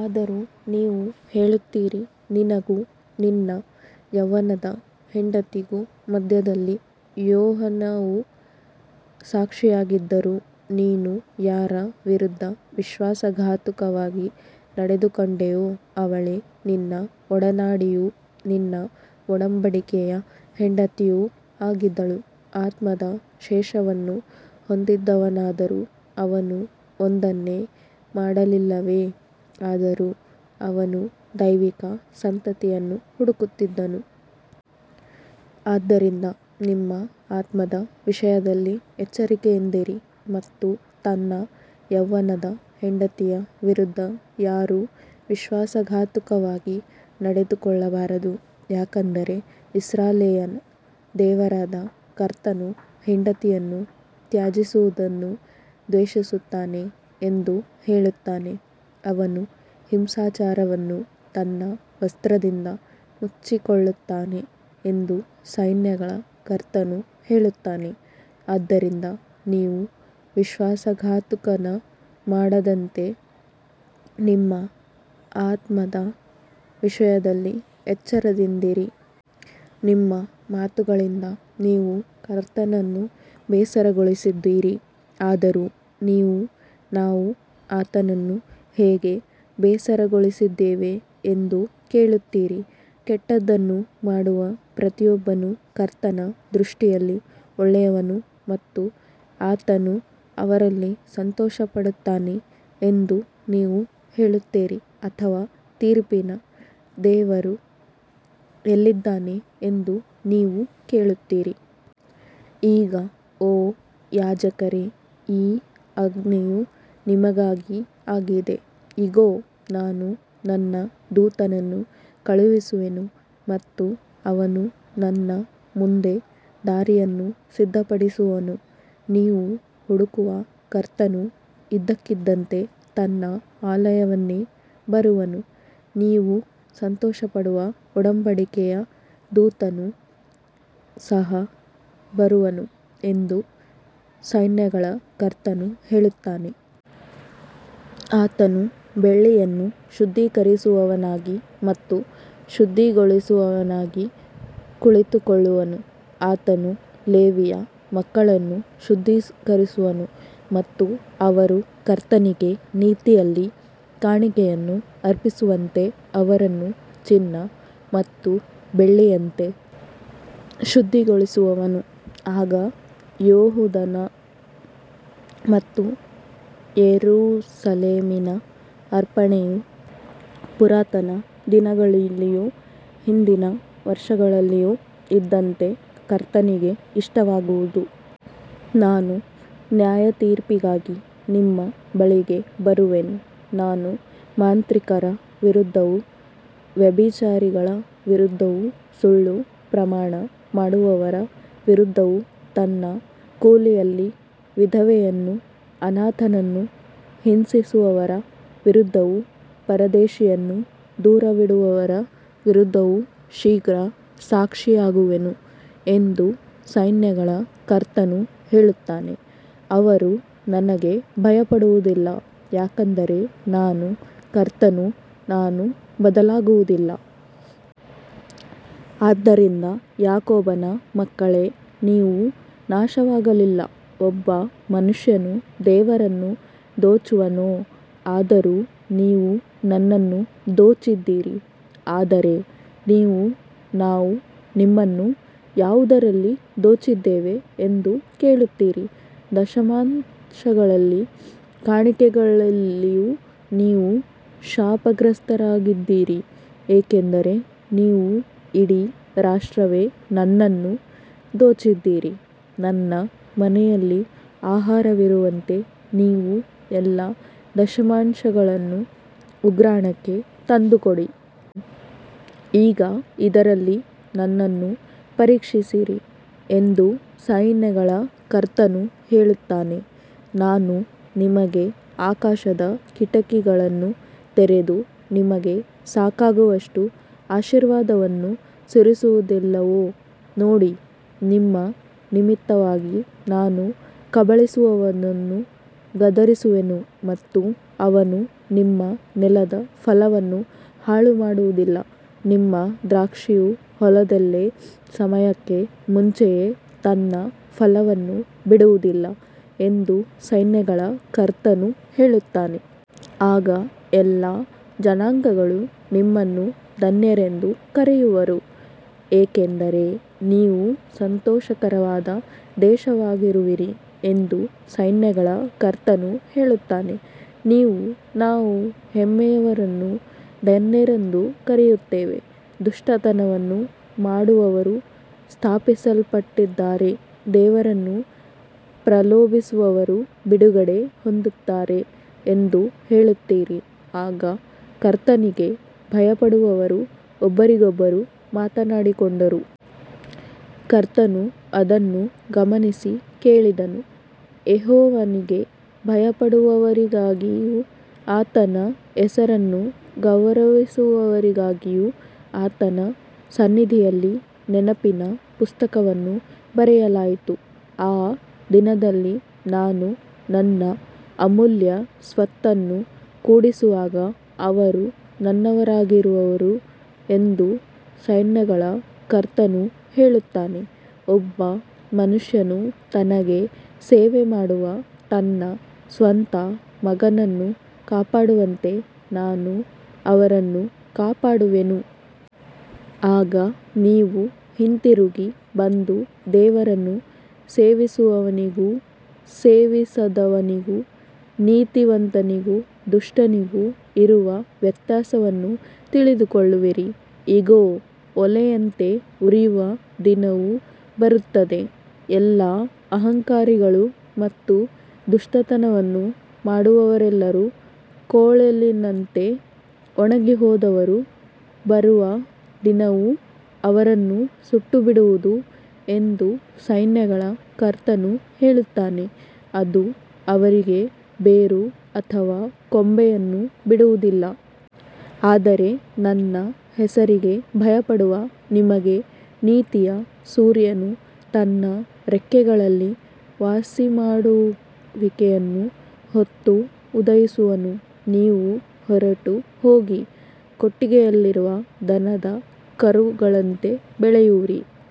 ಆದರೂ ನೀವು ಹೇಳುತ್ತೀರಿ, ನಿನಗೂ ನಿನ್ನ ಯೌವನದ ಹೆಂಡತಿಗೂ ಮಧ್ಯದಲ್ಲಿ ಯೆಹೋವನು ಸಾಕ್ಷಿಯಾಗಿದ್ದರೂ, ನೀನು ಯಾರ ವಿರುದ್ಧ ವಿಶ್ವಾಸಘಾತುಕವಾಗಿ ನಡೆದುಕೊಂಡೆಯೋ ಅವಳೇ ನಿನ್ನ ಒಡನಾಡಿಯೂ ನಿನ್ನ ಒಡಂಬಡಿಕೆಯ ಹೆಂಡತಿಯೂ ಆಗಿದ್ದಾಳೆ. ಆತ್ಮದ ಶೇಷವನ್ನು ಹೊಂದಿದ್ದವನಾದರೂ, ಅವನು ಒಂದನ್ನೇ ಮಾಡಲಿಲ್ಲವೇ? ಆದರೂ ಅವನು ದೈವಿಕ ಸಂತತಿಯನ್ನು ಹುಡುಕುತ್ತಿದ್ದನು. ಆದ್ದರಿಂದ ನಿಮ್ಮ ಆತ್ಮದ ವಿಷಯದಲ್ಲಿ ಎಚ್ಚರಿಕೆಯಿಂದಿರಿ ಮತ್ತು ತನ್ನ ಯೌವನದ ಹೆಂಡತಿಯ ವಿರುದ್ಧ ಯಾರೂ ವಿಶ್ವಾಸಘಾತುಕವಾಗಿ ನಡೆದುಕೊಳ್ಳಬಾರದು. ಯಾಕಂದರೆ ಇಸ್ರಾಯೇಲಿನ ದೇವರಾದ ಕರ್ತನು ಹೆಂಡತಿಯನ್ನು ತ್ಯಜಿಸುವುದನ್ನು ದ್ವೇಷಿಸುತ್ತಾನೆ ಎಂದು ಹೇಳುತ್ತಾನೆ. ಅವನು ಹಿಂಸಾಚಾರವನ್ನು ತನ್ನ ವಸ್ತ್ರದಿಂದ ಮುಚ್ಚಿಕೊಳ್ಳುತ್ತಾನೆ ಎಂದು ಸೈನ್ಯಗಳ ಕರ್ತನು ಹೇಳುತ್ತಾನೆ. ಆದ್ದರಿಂದ ನೀವು ವಿಶ್ವಾಸಘಾತುಕತನ ಮಾಡದಂತೆ ನಿಮ್ಮ ಆತ್ಮದ ವಿಷಯದಲ್ಲಿ ಎಚ್ಚರಿಕೆಯಿಂದಿರಿ. ನಿಮ್ಮ ಮಾತುಗಳಿಂದ ನೀವು ಕರ್ತನನ್ನು ಬೇಸರಗೊಳಿಸಿದ್ದೀರಿ. ಆದರೂ ನೀವು, ನಾವು ಆತನನ್ನು ಹೇಗೆ ಬೇಸರಗೊಳಿಸಿದ್ದೇವೆ ಎಂದು ಕೇಳುತ್ತೀರಿ. ಕೆಟ್ಟದ್ದನ್ನು ಮಾಡುವ ಪ್ರತಿಯೊಬ್ಬನೂ ಕರ್ತನ ದೃಷ್ಟಿಯಲ್ಲಿ ಒಳ್ಳೆಯವನು ಮತ್ತು ಆತನು ಅವರಲ್ಲಿ ಸಂತೋಷಪಡುತ್ತಾನೆ ಎಂದು ನೀವು ಹೇಳುತ್ತೀರಿ. ಅಥವಾ, ತೀರ್ಪಿನ ದೇವರು ಎಲ್ಲಿದ್ದಾನೆ ಎಂದು ನೀವು ಕೇಳುತ್ತೀರಿ. ಈಗ ಓ ಯಾಜಕರೇ, ಈ ಆಜ್ಞೆಯು ನಿಮಗಾಗಿ ಆಗಿದೆ. ಇಗೋ, ನಾನು ನನ್ನ ದೂತನನ್ನು ಕಳುಹಿಸುವೆನು ಮತ್ತು ಅವನು ನನ್ನ ಮುಂದೆ ದಾರಿಯನ್ನು ಸಿದ್ಧಪಡಿಸುವನು. ನೀವು ಹುಡುಕುವ ಕರ್ತನು ಇದ್ದಕ್ಕಿದ್ದಂತೆ ತನ್ನ ಆಲಯಕ್ಕೆ ಬರುವನು. ನೀವು ಸಂತೋಷಪಡುವ ಒಡಂಬಡಿಕೆಯ ದೂತನು ಸಹ ಬರುವನು ಎಂದು ಸೈನ್ಯಗಳ ಕರ್ತನು ಹೇಳುತ್ತಾನೆ. ಆತನು ಬೆಳ್ಳಿಯನ್ನು ಶುದ್ಧೀಕರಿಸುವವನಾಗಿ ಮತ್ತು ಶುದ್ಧಿಗೊಳಿಸುವವನಾಗಿ ಕುಳಿತುಕೊಳ್ಳುವನು. ಆತನು ಲೇವಿಯ ಮಕ್ಕಳನ್ನು ಶುದ್ಧೀಕರಿಸುವನು ಮತ್ತು ಅವರು ಕರ್ತನಿಗೆ ನೀತಿಯಲ್ಲಿ ಕಾಣಿಕೆಯನ್ನು ಅರ್ಪಿಸುವಂತೆ ಅವರನ್ನು ಚಿನ್ನ ಮತ್ತು ಬೆಳ್ಳಿಯಂತೆ ಶುದ್ಧಿಗೊಳಿಸುವನು. ಆಗ ಯೆಹೂದದ ಮತ್ತು ಯೆರೂಸಲೇಮಿನ ಅರ್ಪಣೆಯು ಪುರಾತನ ದಿನಗಳಲ್ಲಿಯೂ ಹಿಂದಿನ ವರ್ಷಗಳಲ್ಲಿಯೂ ಇದ್ದಂತೆ ಕರ್ತನಿಗೆ ಇಷ್ಟವಾಗುವುದು. ನಾನು ನ್ಯಾಯತೀರ್ಪಿಗಾಗಿ ನಿಮ್ಮ ಬಳಿಗೆ ಬರುವೆನು. ನಾನು ಮಾಂತ್ರಿಕರ ವಿರುದ್ಧವೂ ವ್ಯಭಿಚಾರಿಗಳ ವಿರುದ್ಧವೂ ಸುಳ್ಳು ಪ್ರಮಾಣ ಮಾಡುವವರ ವಿರುದ್ಧವೂ ತನ್ನ ಕೂಲಿಯಲ್ಲಿ ವಿಧವೆಯನ್ನೂ ಅನಾಥನನ್ನೂ ಹಿಂಸಿಸುವವರ ವಿರುದ್ಧವೂ ಪರದೇಶಿಯನ್ನು ದೂರವಿಡುವವರ ವಿರುದ್ಧವೂ ಶೀಘ್ರ ಸಾಕ್ಷಿಯಾಗುವೆನು ಎಂದು ಸೈನ್ಯಗಳ ಕರ್ತನು ಹೇಳುತ್ತಾನೆ. ಅವರು ನನಗೆ ಭಯಪಡುವುದಿಲ್ಲ. ಯಾಕಂದರೆ ನಾನು ಕರ್ತನು, ನಾನು ಬದಲಾಗುವುದಿಲ್ಲ. ಆದ್ದರಿಂದ ಯಾಕೋಬನ ಮಕ್ಕಳೇ, ನೀವು ನಾಶವಾಗಲಿಲ್ಲ. ಒಬ್ಬ ಮನುಷ್ಯನು ದೇವರನ್ನು ದೋಚುವನೋ? ಆದರೂ ನೀವು ನನ್ನನ್ನು ದೋಚಿದ್ದೀರಿ. ಆದರೆ ನೀವು, ನಾವು ನಿಮ್ಮನ್ನು ಯಾವುದರಲ್ಲಿ ದೋಚಿದ್ದೇವೆ ಎಂದು ಕೇಳುತ್ತೀರಿ. ದಶಮಾಂಶಗಳಲ್ಲಿಯೂ ಕಾಣಿಕೆಗಳಲ್ಲಿಯೂ. ನೀವು ಶಾಪಗ್ರಸ್ತರಾಗಿದ್ದೀರಿ, ಏಕೆಂದರೆ ನೀವು ಇಡೀ ರಾಷ್ಟ್ರವೇ ನನ್ನನ್ನು ದೋಚಿದ್ದೀರಿ. ನನ್ನ ಮನೆಯಲ್ಲಿ ಆಹಾರವಿರುವಂತೆ ನೀವು ಎಲ್ಲಾ ದಶಮಾಂಶಗಳನ್ನು ಉಗ್ರಾಣಕ್ಕೆ ತಂದುಕೊಡಿ. ಈಗ ಇದರಲ್ಲಿ ನನ್ನನ್ನು ಪರೀಕ್ಷಿಸಿರಿ ಎಂದು ಸೈನ್ಯಗಳ ಕರ್ತನು ಹೇಳುತ್ತಾನೆ. ನಾನು ನಿಮಗೆ ಆಕಾಶದ ಕಿಟಕಿಗಳನ್ನು ತೆರೆದು, ನಿಮಗೆ ಸಾಕಾಗುವಷ್ಟು ಆಶೀರ್ವಾದವನ್ನು ಸುರಿಸುವುದಿಲ್ಲವೋ ನೋಡಿ. ನಿಮ್ಮ ನಿಮಿತ್ತವಾಗಿ ನಾನು ಕಬಳಿಸುವವನನ್ನು ಗದರಿಸುವೆನು ಮತ್ತು ಅವನು ನಿಮ್ಮ ನೆಲದ ಫಲವನ್ನು ಹಾಳುಮಾಡುವುದಿಲ್ಲ. ನಿಮ್ಮ ದ್ರಾಕ್ಷಿಯು ಹೊಲದಲ್ಲಿ ಸಮಯಕ್ಕೆ ಮುಂಚೆಯೇ ತನ್ನ ಫಲವನ್ನು ಬಿಡುವುದಿಲ್ಲ ಎಂದು ಸೈನ್ಯಗಳ ಕರ್ತನು ಹೇಳುತ್ತಾನೆ. ಆಗ ಎಲ್ಲಾ ಜನಾಂಗಗಳು ನಿಮ್ಮನ್ನು ಧನ್ಯರೆಂದು ಕರೆಯುವರು, ಏಕೆಂದರೆ ನೀವು ಸಂತೋಷಕರವಾದ ದೇಶವಾಗಿರುವಿರಿ ಎಂದು ಸೈನ್ಯಗಳ ಕರ್ತನು ಹೇಳುತ್ತಾನೆ. ನೀವು, ನಾವು ಹೆಮ್ಮೆಯವರನ್ನು ಧನ್ಯರೆಂದು ಕರೆಯುತ್ತೇವೆ, ದುಷ್ಟತನವನ್ನು ಮಾಡುವವರು ಸ್ಥಾಪಿಸಲ್ಪಟ್ಟಿದ್ದಾರೆ, ದೇವರನ್ನು ಪ್ರಲೋಭಿಸುವವರೂ ಬಿಡುಗಡೆ ಹೊಂದುತ್ತಾರೆ ಎಂದು ಹೇಳುತ್ತೀರಿ. ಆಗ ಕರ್ತನಿಗೆ ಭಯಪಡುವವರು ಒಬ್ಬರಿಗೊಬ್ಬರು ಮಾತನಾಡಿಕೊಂಡರು. ಕರ್ತನು ಅದನ್ನು ಗಮನಿಸಿ ಕೇಳಿದನು. ಯೆಹೋವನಿಗೆ ಭಯಪಡುವವರಿಗಾಗಿಯೂ ಆತನ ಹೆಸರನ್ನು ಗೌರವಿಸುವವರಿಗಾಗಿಯೂ ಆತನ ಸನ್ನಿಧಿಯಲ್ಲಿ ನೆನಪಿನ ಪುಸ್ತಕವನ್ನು ಬರೆಯಲಾಯಿತು. ಆ ದಿನದಲ್ಲಿ ನಾನು ನನ್ನ ಅಮೂಲ್ಯ ಸ್ವತ್ತನ್ನು ಕೂಡಿಸುವಾಗ ಅವರು ನನ್ನವರಾಗಿರುವರು ಎಂದು ಸೈನ್ಯಗಳ ಕರ್ತನು ಹೇಳುತ್ತಾನೆ. ಒಬ್ಬ ಮನುಷ್ಯನು ತನಗೆ ಸೇವೆಮಾಡುವ ತನ್ನ ಸ್ವಂತ ಮಗನನ್ನು ಕಾಪಾಡುವಂತೆ ನಾನು ಅವರನ್ನು ಕಾಪಾಡುವೆನು. ಆಗ ನೀವು ಹಿಂತಿರುಗಿ ಬಂದು ದೇವರನ್ನು ಸೇವಿಸುವವನಿಗೂ ಸೇವಿಸದವನಿಗೂ, ನೀತಿವಂತನಿಗೂ ದುಷ್ಟನಿಗೂ ಇರುವ ವ್ಯತ್ಯಾಸವನ್ನು ತಿಳಿದುಕೊಳ್ಳುವಿರಿ. ಇಗೋ, ಒಲೆಯಂತೆ ಉರಿಯುವ ದಿನವು ಬರುತ್ತದೆ. ಎಲ್ಲಾ ಅಹಂಕಾರಿಗಳೂ ಮತ್ತು ದುಷ್ಟತನವನ್ನು ಮಾಡುವವರೆಲ್ಲರೂ ಕೊಳಲಿನಂತೆ ಒಣಗಿಹೋಗುವರು. ಬರುವ ದಿನವು ಅವರನ್ನು ಸುಟ್ಟುಬಿಡುವುದು ಎಂದು ಸೈನ್ಯಗಳ ಕರ್ತನು ಹೇಳುತ್ತಾನೆ. ಅದು ಅವರಿಗೆ ಬೇರು ಅಥವಾ ಕೊಂಬೆಯನ್ನು ಬಿಡುವುದಿಲ್ಲ. ಆದರೆ ನನ್ನ ಹೆಸರಿಗೆ ಭಯಪಡುವ ನಿಮಗೆ ನೀತಿಯ ಸೂರ್ಯನು ತನ್ನ ರೆಕ್ಕೆಗಳಲ್ಲಿ ವಾಸಿಮಾಡುವಿಕೆಯನ್ನು ಹೊತ್ತು ಉದಯಿಸುವನು. ನೀವು ಹೊರಟು ಹೋಗಿ ಕೊಟ್ಟಿಗೆಯಲ್ಲಿರುವ ದನದ ಕರುಗಳಂತೆ ಬೆಳೆಯುವಿರಿ.